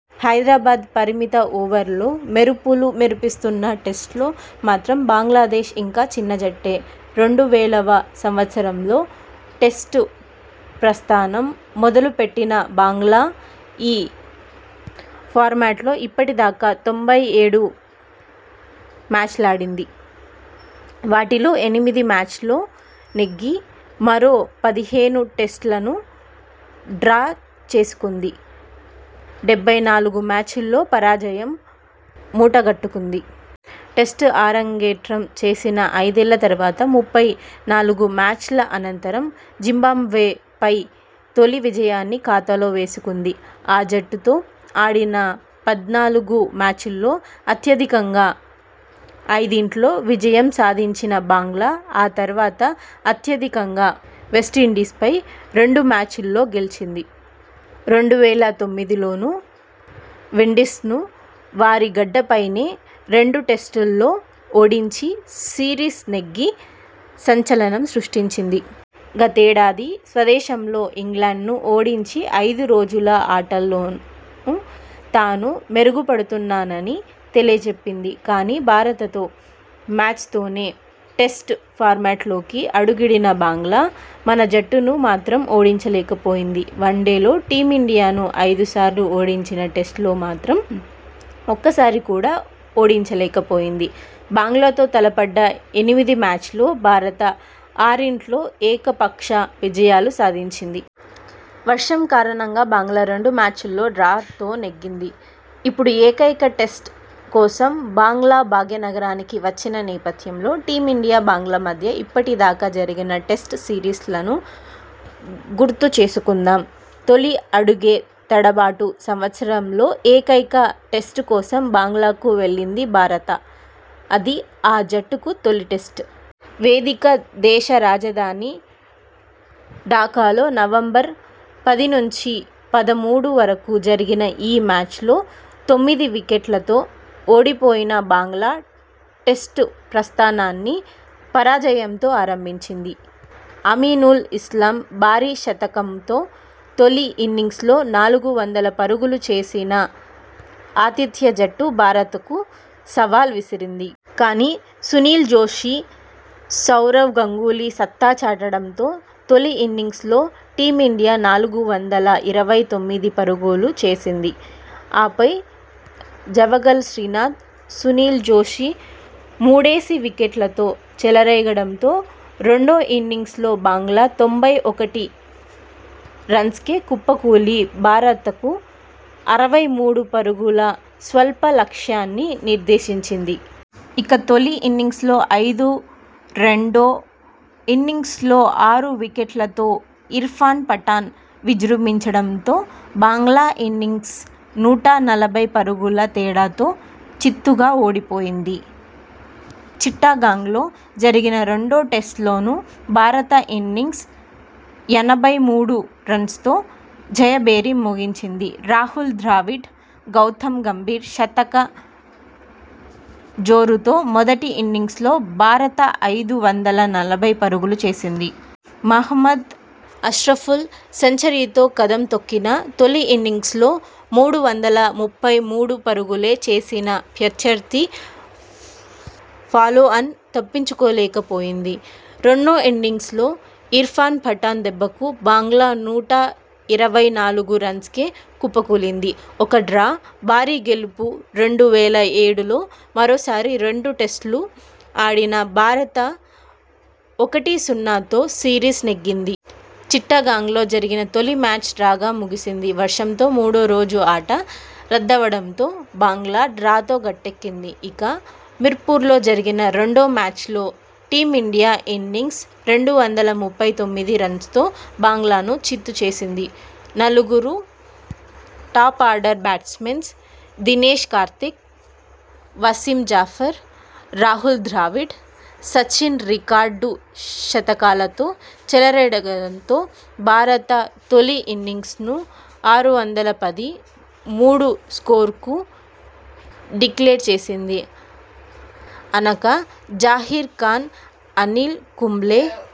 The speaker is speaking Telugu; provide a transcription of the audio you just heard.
హైదరాబాద్ పరిమిత ఓవర్లలో మెరుపులు మెరిపిస్తున్నా టెస్టుల్లో మాత్రం బంగ్లాదేశ్ ఇంకా చిన్నజట్టే! రెండు వేలవ సంవత్సరంలో టెస్టు ప్రస్థానం మొదలుపెట్టిన బంగ్లా ఈ ఫార్మాట్లో ఇప్పటిదాకా తొంభై ఏడు మ్యాచ్లాడింది. వాటిలో ఎనిమిది మ్యాచ్ల్లో నెగ్గి, మరో పదిహేను టెస్టులను డ్రా చేసుకుంది. డెబ్బై నాలుగు మ్యాచ్ల్లో పరాజయం మూటగట్టుకుంది. టెస్టు అరంగేట్రం చేసిన ఐదేళ్ల తర్వాత ముప్పై నాలుగు మ్యాచ్ల అనంతరం జింబాబ్వేపై తొలి విజయాన్ని ఖాతాలో వేసుకుంది. ఆ జట్టుతో ఆడిన పద్నాలుగు మ్యాచ్ల్లో అత్యధికంగా ఐదింట్లో విజయం సాధించిన బంగ్లా ఆ తర్వాత అత్యధికంగా వెస్టిండీస్పై రెండు మ్యాచ్ల్లో గెలిచింది. రెండు వేల తొమ్మిదిలోనూ విండీస్ను వారి గడ్డపైనే రెండు టెస్టుల్లో ఓడించి సిరీస్ నెగ్గి సంచలనం సృష్టించింది. గతేడాది స్వదేశంలో ఇంగ్లండ్ను ఓడించి ఐదు రోజుల ఆటలోనూ తాను మెరుగుపడుతున్నానని తెలియజెప్పింది. కానీ, భారతతో మ్యాచ్తోనే టెస్టు ఫార్మాట్లోకి అడుగిడిన బంగ్లా మన జట్టును మాత్రం ఓడించలేకపోయింది. వన్డేల్లో టీమిండియాను ఐదు సార్లు ఓడించినా టెస్టుల్లో మాత్రం ఒక్కసారి కూడా ఓడించలేకపోయింది. బంగ్లాతో తలపడ్డ ఎనిమిది మ్యాచ్ల్లో భారత ఆరింట్లో ఏకపక్ష విజయాలు సాధించింది. వర్షం కారణంగా బంగ్లా రెండు మ్యాచ్ల్లో డ్రాతో గట్టెక్కింది. ఇప్పుడు ఏకైక టెస్టు కోసం బంగ్లాభాగ్యనగరానికి వచ్చిన నేపథ్యంలో టీమిండియా-బంగ్లా మధ్య ఇప్పటిదాకా జరిగిన టెస్టు సిరీస్లను గుర్తు చేసుకుందాం! తొలి అడుగే తడబాటు సంవత్సరంలో ఏకైక టెస్టు కోసం బంగ్లాకు వెళ్లింది భారత. అది ఆ జట్టుకు తొలి టెస్టు. వేదిక దేశ రాజధాని ఢాకాలో నవంబర్ పది నుంచి పదమూడు వరకు జరిగిన ఈ మ్యాచ్లో తొమ్మిది వికెట్లతో ఓడిపోయిన బంగ్లా టెస్టు ప్రస్థానాన్ని పరాజయంతో ఆరంభించింది. అమినుల్ ఇస్లాం భారీ శతకంతో తొలి ఇన్నింగ్స్లో నాలుగు వందల పరుగులు చేసిన ఆతిథ్య జట్టు భారతకు సవాల్ విసిరింది. కానీ, సునీల్ జోషి, సౌరవ్ గంగూలీ సత్తా చాటడంతో తొలి ఇన్నింగ్స్లో టీమిండియా నాలుగు వందల ఇరవై తొమ్మిది పరుగులు చేసింది. ఆపై జవగళ్ శ్రీనాథ్, సునీల్ జోషి మూడేసి వికెట్లతో చెలరేగడంతో రెండో ఇన్నింగ్స్లో బంగ్లా తొంభై ఒకటి రన్స్కే కుప్పకూలి భారతకు అరవై మూడు పరుగుల స్వల్ప లక్ష్యాన్ని నిర్దేశించింది. ఇక తొలి ఇన్నింగ్స్లో ఐదు, రెండో ఇన్నింగ్స్ల్లో ఆరు వికెట్లతో ఇర్ఫాన్ పఠాన్ విజృంభించడంతో బంగ్లా ఇన్నింగ్స్ నూట నలభై పరుగుల తేడాతో చిత్తుగా ఓడిపోయింది. చిట్టగాంగ్లో జరిగిన రెండో టెస్టులోనూ భారత ఇన్నింగ్స్ ఎనభై మూడు రన్స్తో జయభేరి మోగించింది. రాహుల్ ద్రావిడ్, గౌతమ్ గంభీర్ శతక జోరుతో మొదటి ఇన్నింగ్స్లో భారత ఐదు వందల నలభై పరుగులు చేసింది. మహ్మద్ అష్రఫుల్ సెంచరీతో కదం తొక్కినా తొలి ఇన్నింగ్స్లో మూడు వందల ముప్పై మూడు పరుగులే చేసిన ప్రత్యర్థి ఫాలోఆన్ తప్పించుకోలేకపోయింది. రెండో ఇన్నింగ్స్లో ఇర్ఫాన్ పఠాన్ దెబ్బకు బంగ్లా నూట ఇరవై నాలుగు రన్స్కే కుప్పకూలింది. ఒక డ్రా భారీ గెలుపు రెండు వేల ఏడులో మరోసారి రెండు టెస్టులు ఆడిన భారత ఒకటి-సున్నాతో సిరీస్ నెగ్గింది. చిట్టగాంగ్లో జరిగిన తొలి మ్యాచ్ డ్రాగా ముగిసింది. వర్షంతో మూడో రోజు ఆట రద్దవడంతో బంగ్లా డ్రాతో గట్టెక్కింది. ఇక మిర్పూర్లో జరిగిన రెండో మ్యాచ్లో టీమిండియా ఇన్నింగ్స్ రెండు వందల ముప్పై తొమ్మిది రన్స్తో బంగ్లాను చిత్తు చేసింది. నలుగురు top order batsmen Dinesh Karthik, Wasim Jaffer, Rahul Dravid, Sachin record శతకాలతో చెలరేగడంతో భారత తొలి ఇన్నింగ్స్ను ఆరు వందల పది/మూడు స్కోరుకు డిక్లేర్ చేసింది. ఆనక జహీర్ ఖాన్, అనిల్ కుంబ్లే